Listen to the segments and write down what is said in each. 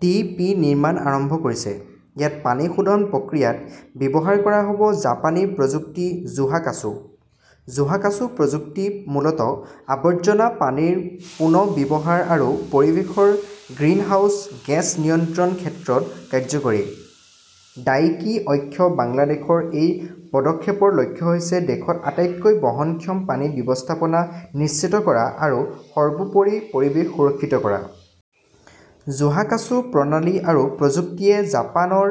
T. P. নিৰ্মাণ আৰম্ভ কৰিছে। ইয়াত পানী শোধন প্ৰক্ৰিয়াত ব্যৱহাৰ কৰা হ'ব জাপানী প্ৰযুক্তি-জোহাকাচু। জোহাকাচু প্ৰযুক্তি মূলতঃ আৱৰ্জনা পানীৰ পুনৰ্ব্যৱহাৰ আৰু পৰিৱেশৰ গ্ৰিনহাউজ গেছ নিয়ন্ত্ৰণৰ ক্ষেত্ৰত কাৰ্যকৰী। ডাইকি অক্ষ বাংলাদেশৰ এই পদক্ষেপৰ লক্ষ্য হৈছে দেশত আটাইতকৈ বহনক্ষম পানী ব্যৱস্থাপনা নিশ্চিত কৰা আৰু সৰ্বোপৰি পৰিৱেশ সুৰক্ষিত কৰা। জোহাকাচু প্ৰণালী আৰু প্ৰযুক্তিয়ে জাপানৰ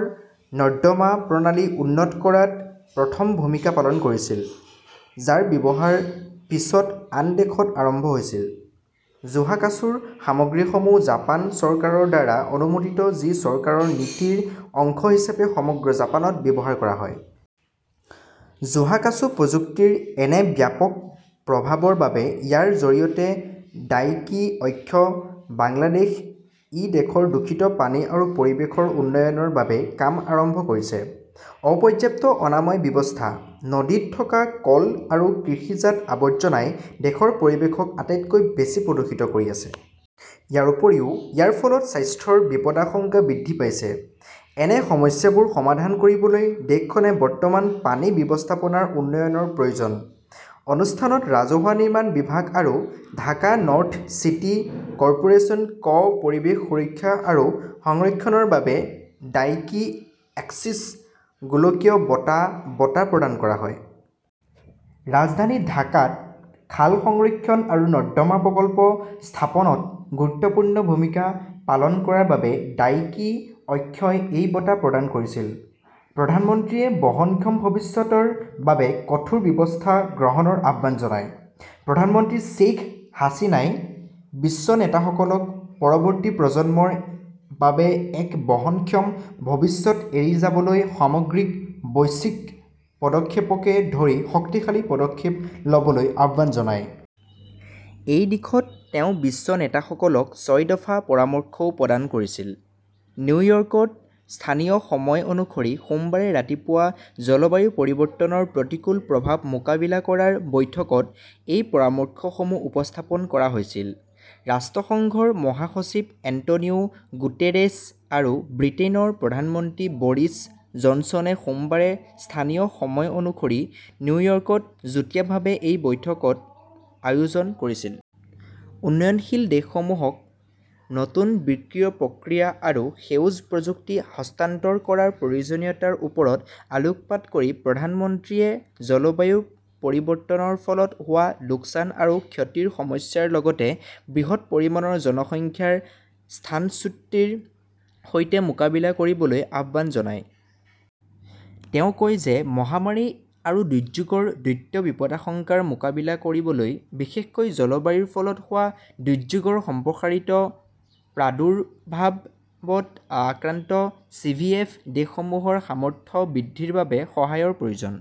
নৰ্দমা প্ৰণালী উন্নত কৰাত প্ৰথম ভূমিকা পালন কৰিছিল। যাৰ ব্যৱহাৰ পিছত আন দেশত আৰম্ভ হৈছিল। জোহাকাছুৰ সামগ্ৰীসমূহ জাপান চৰকাৰৰ দ্বাৰা অনুমোদিত যি চৰকাৰৰ নীতিৰ অংশ হিচাপে সমগ্ৰ জাপানত ব্যৱহাৰ কৰা হয়। জোহাকাচু প্ৰযুক্তিৰ এনে ব্যাপক প্ৰভাৱৰ বাবে ইয়াৰ জৰিয়তে 'ডাইকি অক্ষ বাংলাদেশ' ই দেশৰ দূষিত পানী আৰু পৰিৱেশৰ উন্নয়নৰ বাবে কাম আৰম্ভ কৰিছে। অপৰ্যাপ্ত অনাময় ব্যৱস্থা, নদীত থকা কল আৰু কৃষিজাত আৱৰ্জনাই দেশৰ পৰিৱেশক আটাইতকৈ বেছি প্ৰদূষিত কৰি আছে। ইয়াৰ উপৰিও ইয়াৰ ফলত স্বাস্থ্যৰ বিপদাশংকা বৃদ্ধি পাইছে। এনে সমস্যাবোৰ সমাধান কৰিবলৈ দেশখনে বৰ্তমান পানী ব্যৱস্থাপনাৰ উন্নয়নৰ প্ৰয়োজন। অনুষ্ঠানত ৰাজহুৱা নিৰ্মাণ বিভাগ আৰু ঢাকা নৰ্থ চিটি কৰ্পোৰেচন ক 'পৰিৱেশ সুৰক্ষা আৰু সংৰক্ষণৰ বাবে ডাইকি এক্সিছ গোলকীয় বঁটা ' বঁটা প্ৰদান কৰা হয়। ৰাজধানী ঢাকাত খাল সংৰক্ষণ আৰু নৰ্দমা প্ৰকল্প স্থাপনত গুৰুত্বপূৰ্ণ ভূমিকা পালন কৰাৰ বাবে ডাইকি অক্ষই এই বঁটা প্ৰদান কৰিছিল। প্ৰধানমন্ত্ৰীয়ে বহনক্ষম ভৱিষ্যতৰ বাবে কঠোৰ ব্যৱস্থা গ্ৰহণৰ আহ্বান জনায়। প্ৰধানমন্ত্ৰী শ্বেইখ হাছিনাই বিশ্ব নেতাসকলক পৰৱৰ্তী প্ৰজন্মৰ বাবে এক বহনক্ষম ভৱিষ্যত এৰি যাবলৈ 'সামগ্ৰিক বৈশ্বিক' পদক্ষেপকে ধৰি শক্তিশালী পদক্ষেপ ল'বলৈ আহ্বান জনায়। এই দিশত তেওঁ বিশ্ব নেতাসকলক ছয় দফা পৰামৰ্শও প্ৰদান কৰিছিল। নিউয়ৰ্কত স্থানীয় সময় অনুসৰি সোমবাৰে ৰাতিপুৱা জলবায়ু পৰিৱৰ্তনৰ প্ৰতিকূল প্ৰভাৱ মোকাবিলা কৰাৰ বৈঠকত এই পৰামৰ্শসমূহ উপস্থাপন কৰা হৈছিল। ৰাষ্ট্ৰসংঘৰ মহাসচিব এন্টোনিও গুটেৰেছ আৰু ব্ৰিটেইনৰ প্ৰধানমন্ত্ৰী বৰিছ জনছনে সোমবাৰে স্থানীয় সময় অনুসৰি নিউয়ৰ্কত যুটীয়াভাৱে এই বৈঠকৰ আয়োজন কৰিছিল। উন্নয়নশীল দেশসমূহক নতুন বিত্তীয় প্ৰক্ৰিয়া আৰু সেউজ প্ৰযুক্তি হস্তান্তৰ কৰাৰ প্ৰয়োজনীয়তাৰ ওপৰত আলোকপাত কৰি প্ৰধানমন্ত্ৰীয়ে জলবায়ু পৰিৱৰ্তনৰ ফলত হোৱা লোকচান আৰু ক্ষতিৰ সমস্যাৰ লগতে বৃহৎ পৰিমাণৰ জনসংখ্যাৰ স্থানচ্যুতিৰ সৈতে মোকাবিলা কৰিবলৈ আহ্বান জনায়। তেওঁ কয় যে মহামাৰী আৰু দুৰ্যোগৰ দ্বৈত বিপদাশংকাৰ মোকাবিলা কৰিবলৈ বিশেষকৈ জলবায়ুৰ ফলত হোৱা দুৰ্যোগৰ সম্প্ৰসাৰিত প্ৰাদুৰ্ভাৱত আক্ৰান্ত চিভিএফ দেশসমূহৰ সামৰ্থ্য বৃদ্ধিৰ বাবে সহায়ৰ প্ৰয়োজন।